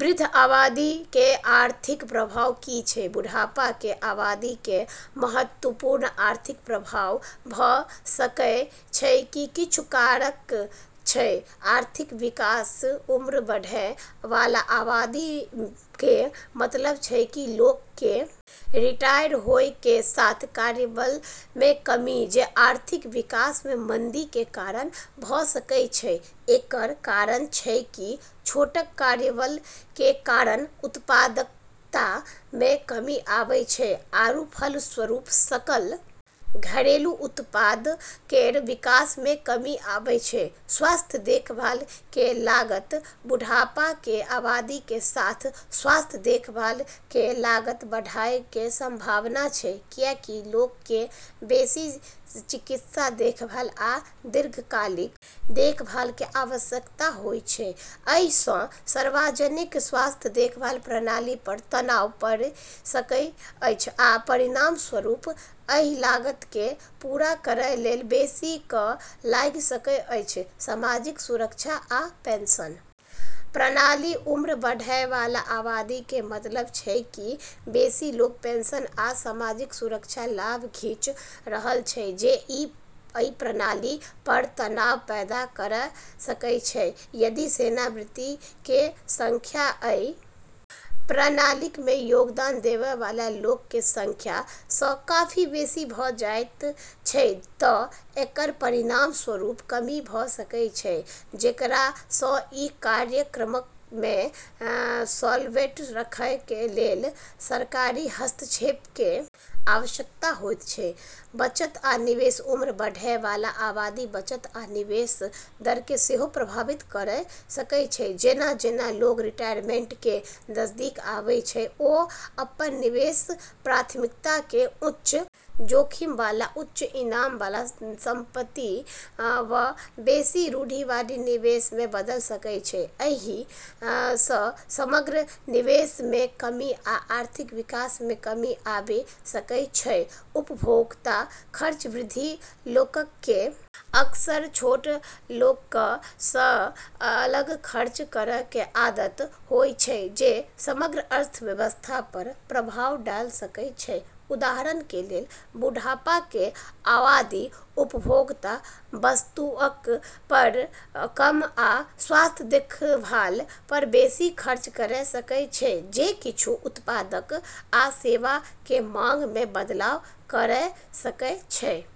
वृद्ध आबादी कें आर्थिक प्रभाव की छै? बुढ़ापा कें आबादी कें महत्वपूर्ण आर्थिक प्रभाव भ सकएय छै, इ किछु कारक छै, आर्थिक विकास उम्र बढ़य वाला आबादी कें मतलब छै कि लोगक कें रिटायर होय कें साथ कार्यबल मे कमी जे आर्थिक विकास मे मंदी कें कारण भ सकय छै, एकरऽ कारण छै कि छोटऽ कार्यबल के कारण उत्पादकता मे कमी आबै छै आरू फलस्वरूप सकल घरेलू उत्पाद केरऽ विकास मे कमी आबै छै, स्वास्थ्य देखभाल कें लागत बुढ़ापा कें आबादी कें साथ स्वास्थ्य देखभाल कें लागत बढ़एय कें संभावना छै कियाकि लोगक कें बेसि चिकित्सा देखभाल आ दीर्घकालिक देखभाल कें आवश्यकता होयत छै, एहि सं सार्वजनिक स्वास्थ्य देखभाल प्रणाली पर तनाव पड़ि सकैत अछि आ परिणामस्वरूप एहि लागत के पूरा करय लेल बेसी कर लागि सकैत अछि, सामाजिक सुरक्षा आ पेंशन प्रणाली उम्र बढ़य वाला आबादी कें मतलब छै कि बेसि लोग पेंशन आ सामाजिक सुरक्षा लाभ खींच रहल छै जे अइ प्रणालीक पर तनाव पैदा कयर सकय छै, यदि सेवानिवृत्त कें संख्या अइ प्रणालीक मे योगदान देवय वाला लोगक कें संख्या सं काफी बेसि भ जायत छै त एकर परिणामस्वरूप कमी भ सकय छै जेकरा सं इ कार्यक्रमक कें सॉल्वेंट रखय कें लेल सरकारी हस्तक्षेप कें आवश्यकता होयत छै, बचत आ निवेश उम्र बढ़य वाला आबादी बचत आ निवेश दर कें सेहो प्रभावित कयर सकय छै जेना-जेना लोग रिटायरमेंट कें नजदीक आबै छै ओ अपन निवेश प्राथमिकता कें उच्च जोखिम वाला उच्च इनाम वाला संपत्ति सं बेसि रूढ़िवादी निवेश मे बदल सकय छै, एहि स समग्र निवेश मे कमी आ आर्थिक विकास मे कमी आबि सकैत अछि, उपभोक्ता खर्च वृद्ध लोगक कें अक्सर छोट लोगक सं अलग खर्च करय कें आदत होयत छै जे समग्र अर्थव्यवस्था पर प्रभाव डाल सकय छै उदाहरण कें लेल, बुढ़ापा कें आबादी उपभोक्ता वस्तुअक पर कम आ स्वास्थ्य देखभाल पर बेसि खर्च कयर सकय छै जे किच्छू उत्पादक आ सेवाक कें मांग मे बदलाव कयर सकय छै।